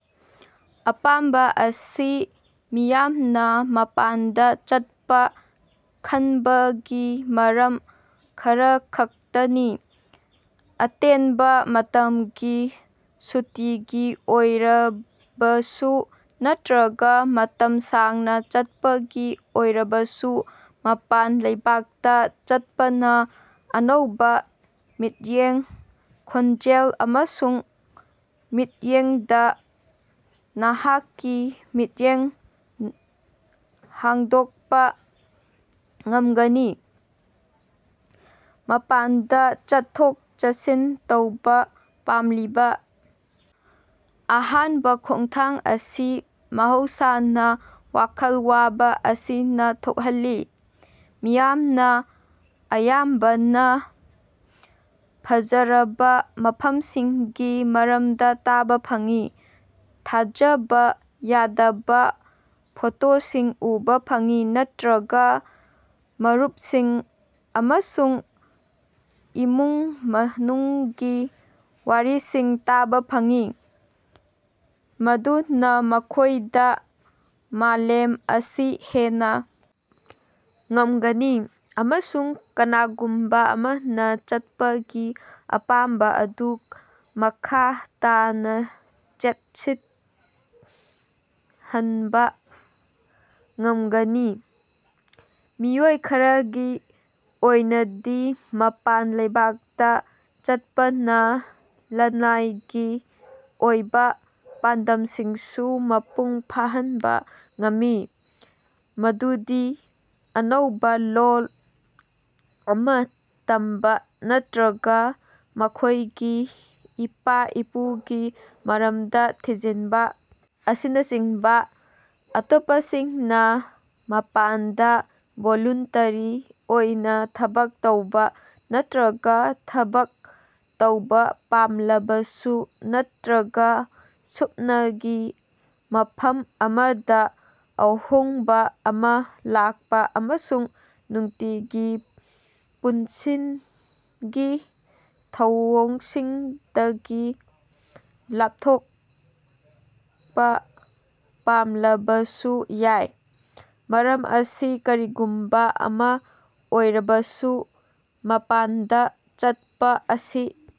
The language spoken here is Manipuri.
ꯑꯄꯥꯝꯕ ꯑꯁꯤ ꯃꯤꯌꯥꯝꯅ ꯃꯄꯥꯟꯗ ꯆꯠꯄ ꯈꯟꯕꯒꯤ ꯃꯔꯝ ꯈꯔꯈꯛꯇꯅꯤ꯫ ꯑꯇꯦꯟꯕ ꯃꯇꯝꯒꯤ ꯁꯨꯇꯤꯒꯤ ꯑꯣꯏꯔꯕꯁꯨ ꯅꯠꯇ꯭ꯔꯒ ꯃꯇꯝ ꯁꯥꯡꯅ ꯆꯠꯄꯒꯤ ꯑꯣꯏꯔꯕꯁꯨ ꯃꯄꯥꯟ ꯂꯩꯕꯥꯛꯇ ꯆꯠꯄꯅ ꯑꯅꯧꯕ ꯃꯤꯠꯌꯦꯡ, ꯈꯣꯟꯖꯦꯜ ꯑꯃꯁꯨꯡ ꯃꯤꯠꯌꯦꯡꯗ ꯅꯍꯥꯛꯀꯤ ꯃꯤꯠꯌꯦꯡ ꯍꯥꯡꯗꯣꯛꯄ ꯉꯝꯒꯅꯤ꯫ ꯃꯄꯥꯟꯗ ꯆꯠꯊꯣꯛ-ꯆꯠꯁꯤꯟ ꯇꯧꯕ ꯄꯥꯝꯂꯤꯕ ꯑꯍꯥꯟꯕ ꯈꯣꯡꯊꯥꯡ ꯑꯁꯤ ꯃꯍꯧꯁꯥꯅ ꯋꯥꯈꯜ ꯋꯥꯕ ꯑꯁꯤꯅ ꯊꯣꯛꯍꯜꯂꯤ꯫ ꯃꯤꯌꯥꯝꯅ ꯑꯌꯥꯝꯕꯅ ꯐꯖꯔꯕ ꯃꯐꯝꯁꯤꯡꯒꯤ ꯃꯔꯝꯗ ꯇꯥꯕ ꯐꯪꯏ꯫ ꯊꯥꯖꯕ ꯌꯥꯗꯕ ꯐꯣꯇꯣꯁꯤꯡ ꯎꯕ ꯐꯪꯏ ꯅꯠꯠꯜꯇ꯭ꯔꯒ ꯃꯔꯨꯄꯁꯤꯡ ꯑꯃꯁꯨꯡ ꯏꯃꯨꯡ ꯃꯅꯨꯡꯗꯒꯤ ꯋꯥꯔꯤꯁꯤꯡ ꯇꯥꯕ ꯐꯪꯏ꯫ ꯃꯗꯨꯅ ꯃꯈꯣꯏꯗ ꯃꯥꯂꯦꯝ ꯑꯁꯤ ꯍꯦꯟꯅ ꯉꯝꯒꯅꯤ꯫ ꯑꯃꯁꯨꯡ ꯀꯅꯥꯒꯨꯝꯕ ꯑꯃꯅ ꯆꯠꯄꯒꯤ ꯑꯄꯥꯝꯕ ꯑꯗꯨ ꯃꯈꯥ ꯇꯥꯅ ꯆꯦꯠꯁꯤꯠꯍꯟꯕ ꯉꯝꯒꯅꯤ꯫ ꯃꯤꯑꯣꯏ ꯈꯔꯒꯤ ꯑꯣꯏꯅꯗꯤ ꯃꯄꯥꯟ ꯂꯩꯕꯥꯛꯇꯥ ꯆꯠꯄꯅ ꯂꯅꯥꯏꯒꯤ ꯑꯣꯏꯕ ꯄꯥꯟꯗꯝꯁꯤꯡꯁꯨ ꯃꯄꯨꯡ ꯐꯥꯍꯟꯕ ꯉꯝꯃꯤ꯫ ꯃꯗꯨꯗꯤ ꯑꯅꯧꯕ ꯂꯣꯜ ꯑꯃ ꯇꯝꯕ ꯅꯠꯇ꯭ꯔꯒ ꯃꯈꯣꯏꯒꯤ ꯏꯄꯥ-ꯏꯄꯨꯒꯤ ꯃꯔꯝꯗ ꯊꯤꯖꯤꯟꯕ ꯑꯁꯤꯅꯆꯤꯡꯕꯥ꯫ ꯑꯇꯣꯞꯄꯁꯤꯡꯅ ꯃꯄꯥꯟꯗ ꯚꯣꯂꯨꯟꯇꯔꯤ ꯑꯣꯏꯅ ꯊꯕꯛ ꯇꯧꯕ ꯅꯠꯇ꯭ꯔꯒ ꯊꯕꯛ ꯇꯧꯕ ꯄꯥꯝꯂꯕꯁꯨ ꯅꯠꯇ꯭ꯔꯒ ꯁꯨꯞꯅꯒꯤ ꯃꯐꯝ ꯑꯃꯗ ꯑꯍꯣꯡꯕ ꯑꯃ ꯂꯥꯛꯄ ꯑꯃꯁꯨꯡ ꯅꯨꯡꯇꯤꯒꯤ ꯄꯨꯟꯁꯤꯒꯤ ꯊꯧꯑꯣꯡꯁꯤꯡꯗꯒꯤ ꯂꯥꯄꯊꯣꯛꯄ ꯄꯥꯝꯂꯕꯁꯨ ꯌꯥꯏ꯫ ꯃꯔꯝ ꯑꯁꯤ ꯀꯔꯤꯒꯨꯝꯕ ꯑꯃ ꯑꯣꯏꯔꯕꯁꯨ, ꯃꯄꯥꯟꯗ ꯆꯠꯄ ꯑꯁꯤ